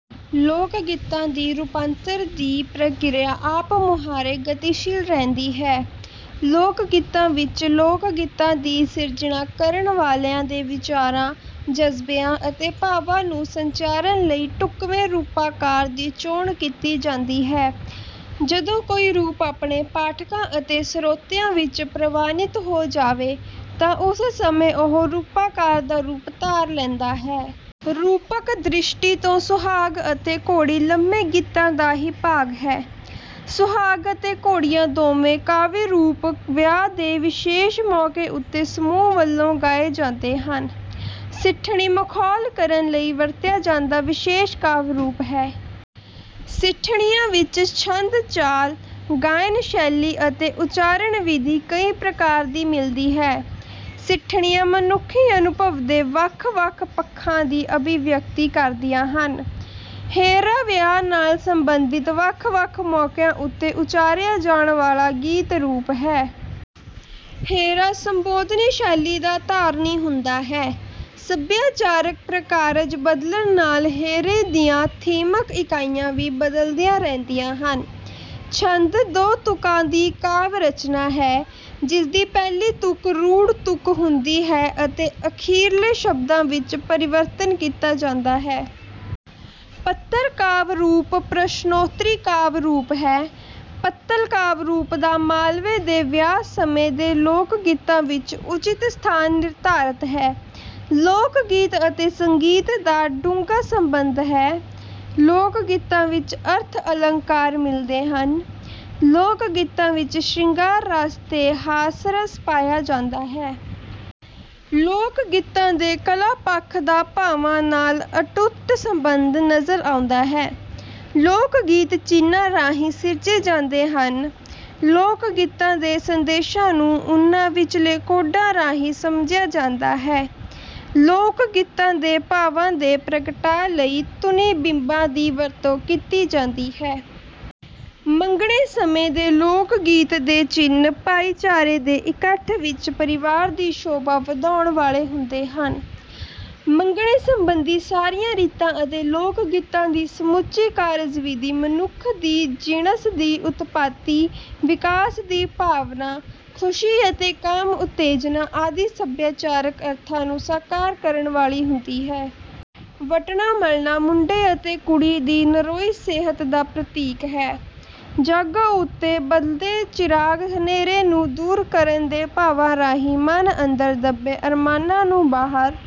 ਲੋਕਗੀਤਾਂ ਦੀ ਰੂਪਾਂਤਰ ਦੀ ਪ੍ਰਕਿਰਿਆ ਆਪ-ਮੁਹਾਰੇ ਗਤੀਸ਼ੀਲ ਰਹਿੰਦੀ ਹੈ। ਲੋਕਗੀਤਾਂ ਵਿੱਚ ਲੋਕਗੀਤਾਂ ਦੀ ਸਿਰਜਣਾ ਕਰਨ ਵਾਲਿਆਂ ਦੇ ਵਿਚਾਰਾਂ, ਜਜ਼ਬਿਆਂ ਅਤੇ ਭਾਵਾਂ ਨੂੰ ਸੰਚਾਰਨ ਲਈ ਢੁੱਕਵੇਂ ਰੂਪਾਕਾਰ ਦੀ ਚੋਣ ਕੀਤੀ ਜਾਂਦੀ ਹੈ। ਜਦੋਂ ਕੋਈ ਰੂਪ ਆਪਣੇ ਪਾਠਕਾਂ ਅਤੇ ਸਰੋਤਿਆਂ ਵਿੱਚ ਪ੍ਰਵਾਨਿਤ ਹੋ ਜਾਵੇ, ਤਾਂ ਉਸ ਸਮੇਂ ਉਹ ਰੂਪਾਕਾਰ ਦਾ ਰੂਪ ਧਾਰ ਲੈਂਦਾ ਹੈ। ਰੂਪਕ-ਦ੍ਰਿਸ਼ਟੀ ਤੋਂ ਸੁਹਾਗ ਅਤੇ ਘੋੜੀ ਲੰਮੇ ਗੀਤਾਂ ਦਾ ਹੀ ਭਾਗ ਹੈ। ਸੁਹਾਗ ਅਤੇ ਘੋੜੀਆਂ ਦੋਵੇਂ ਕਾਵਿ-ਰੂਪ ਵਿਆਹ ਦੇ ਵਿਸ਼ੇਸ਼ ਮੌਕੇ ਉੱਤੇ ਸਮੂਹ ਵੱਲੋਂ ਗਾਏ ਜਾਂਦੇ ਹਨ। ਸਿੱਠਣੀ ਮਖੌਲ ਕਰਨ ਲਈ ਵਰਤਿਆ ਜਾਂਦਾ ਵਿਸ਼ੇਸ਼ ਕਾਵਿ-ਰੂਪ ਹੈ। ਸਿੱਠਣੀਆਂ ਵਿੱਚ ਛੰਦ-ਚਾਲ, ਗਾਇਨ-ਸ਼ੈਲੀ ਅਤੇ ਉਚਾਰਨ-ਵਿਧੀ ਕਈ ਪ੍ਰਕਾਰ ਦੀ ਮਿਲਦੀ ਹੈ। ਸਿੱਠਣੀਆਂ ਮਨੁੱਖੀ ਅਨੁਭਵ ਦੇ ਵੱਖ-ਵੱਖ ਪੱਖਾਂ ਦੀ ਅਭਿਵਿਅਕਤੀ ਕਰਦੀਆਂ ਹਨ। ਹੇਅਰਾ ਵਿਆਹ ਨਾਲ ਸਬੰਧਿਤ ਵੱਖ-ਵੱਖ ਮੌਕਿਆਂ ਉੱਤੇ ਉਚਾਰਿਆ ਜਾਣ ਵਾਲਾ ਗੀਤ-ਰੂਪ ਹੈ। ਹੇਅਰਾ ਸੰਬੋਧਨੀ ਸ਼ੈਲੀ ਦਾ ਧਾਰਨੀ ਹੁੰਦਾ ਹੈ। ਸੱਭਿਆਚਾਰਕ ਪ੍ਰਕਾਰਜ ਬਦਲਣ ਨਾਲ ਹੇਅਰੇ ਦੀਆਂ ਥੀਮਕ ਇਕਾਈਆਂ ਵੀ ਬਦਲਦੀਆਂ ਰਹਿੰਦੀਆਂ ਹਨ। ਛੰਦ ਦੋ ਤੁਕਾਂ ਦੀ ਕਾਵਿ-ਰਚਨਾ ਹੈ, ਜਿਸਦੀ ਪਹਿਲੀ ਤੁਕ ਰੂੜ੍ਹ ਤੁਕ ਹੁੰਦੀ ਹੈ ਅਤੇ ਅਖਰੀਲੇ ਸ਼ਬਦਾਂ ਵਿੱਚ ਪਰਿਵਰਤਨ ਕੀਤਾ ਜਾਂਦਾ ਹੈ। ਪੱਤਲ ਕਾਵਿ-ਰੂਪ ਪ੍ਰਸ਼ਨੋਤਰੀ ਕਾਵਿ-ਰੂਪ ਹੈ। ਪੱਤਲ ਕਾਵਿ-ਰੂਪ ਦਾ ਮਾਲਵੇ ਦੇ ਵਿਆਹ ਸਮੇਂ ਦੇ ਲੋਕਗੀਤਾਂ ਵਿੱਚ ਉਚਿਤ ਸਥਾਨ ਨਿਰਧਾਰਤ ਹੈ। ਲੋਕਗੀਤ ਅਤੇ ਸੰਗੀਤ ਦਾ ਡੂੰਘਾ ਸੰਬੰਧ ਹੈ। ਲੋਕਗੀਤਾਂ ਵਿੱਚ ਅਰਥ-ਅਲੰਕਾਰ ਮਿਲਦੇ ਹਨ। ਲੋਕਗੀਤਾਂ ਵਿੱਚ ਸ਼ਿੰਗਾਰ ਰਸ ਤੇ ਹਾਸਰਸ ਪਾਇਆ ਜਾਂਦਾ ਹੈ। ਲੋਕਗੀਤਾਂ ਦੇ ਕਲਾ-ਪੱਖ ਦਾ ਭਾਵਾਂ ਨਾਲ ਅਤੁੱਟ ਸੰਬੰਧ ਨਜ਼ਰ ਆਉਂਦਾ ਹੈ। ਲੋਕਗੀਤ ਚਿੰਨ੍ਹਾਂ ਰਾਹੀਂ ਸਿਰਜੇ ਜਾਂਦੇ ਹਨ। ਲੋਕਗੀਤਾਂ ਦੇ ਸੰਦੇਸ਼ਾਂ ਨੂੰ ਉਨ੍ਹਾਂ ਵਿਚਲੇ ਕੋਡਾਂ ਰਾਹੀਂ ਸਮਝਿਆ ਜਾਂਦਾ ਹੈ। ਲੋਕਗੀਤਾਂ ਦੇ ਭਾਵਾਂ ਦੇ ਪ੍ਰਗਟਾਅ ਲਈ ਧੁਨੀ-ਬਿੰਬਾਂ ਦੀ ਵਰਤੋਂ ਕੀਤੀ ਜਾਂਦੀ ਹੈ। ਮੰਗਣੇ ਸਮੇਂ ਦੇ ਲੋਕਗੀਤ ਦੇ ਚਿੰਨ੍ਹ ਭਾਈਚਾਰੇ ਦੇ ਇਕੱਠ ਵਿੱਚ ਪਰਿਵਾਰ ਦੀ ਸ਼ੋਭਾ ਵਧਾਉਣ ਵਾਲੇ ਹੁੰਦੇ ਹਨ। ਮੰਗਣੇ ਸੰਬੰਧੀ ਸਾਰੀਆਂ ਰੀਤਾਂ ਅਤੇ ਲੋਕਗੀਤਾਂ ਦੀ ਸਮੁੱਚੀ ਕਾਰਜਵਿਧੀ ਮਨੁੱਖ ਦੀ ਜਿਣਸ ਦੀ ਉਤਪਤੀ, ਵਿਕਾਸ ਦੀ ਭਾਵਨਾ, ਖੁਸ਼ੀ ਅਤੇ ਕਾਮ-ਉਤੇਜਨਾ ਆਦਿ ਸਭਿਆਚਾਰਕ ਅਰਥਾਂ ਨੂੰ ਸਾਕਾਰ ਕਰਨ ਵਾਲੀ ਹੁੰਦੀ ਹੈ। ਵਟਣਾ-ਮਲਣਾ ਮੁੰਡੇ ਅਤੇ ਕੁੜੀ ਦੀ ਨਰੋਈ ਸਿਹਤ ਦਾ ਪ੍ਰਤੀਕ ਹੈ। ਜਾਗੋ ਉੱਤੇ ਬਲਦੇ ਚਿਰਾਗ ਹਨੇਰੇ ਨੂੰ ਦੂਰ ਕਰਨ ਦੇ ਭਾਵਾਂ ਰਾਹੀਂ ਮਨ ਅੰਦਰ ਦੱਬੇ ਅਰਮਾਨਾਂ ਨੂੰ ਬਾਹਰ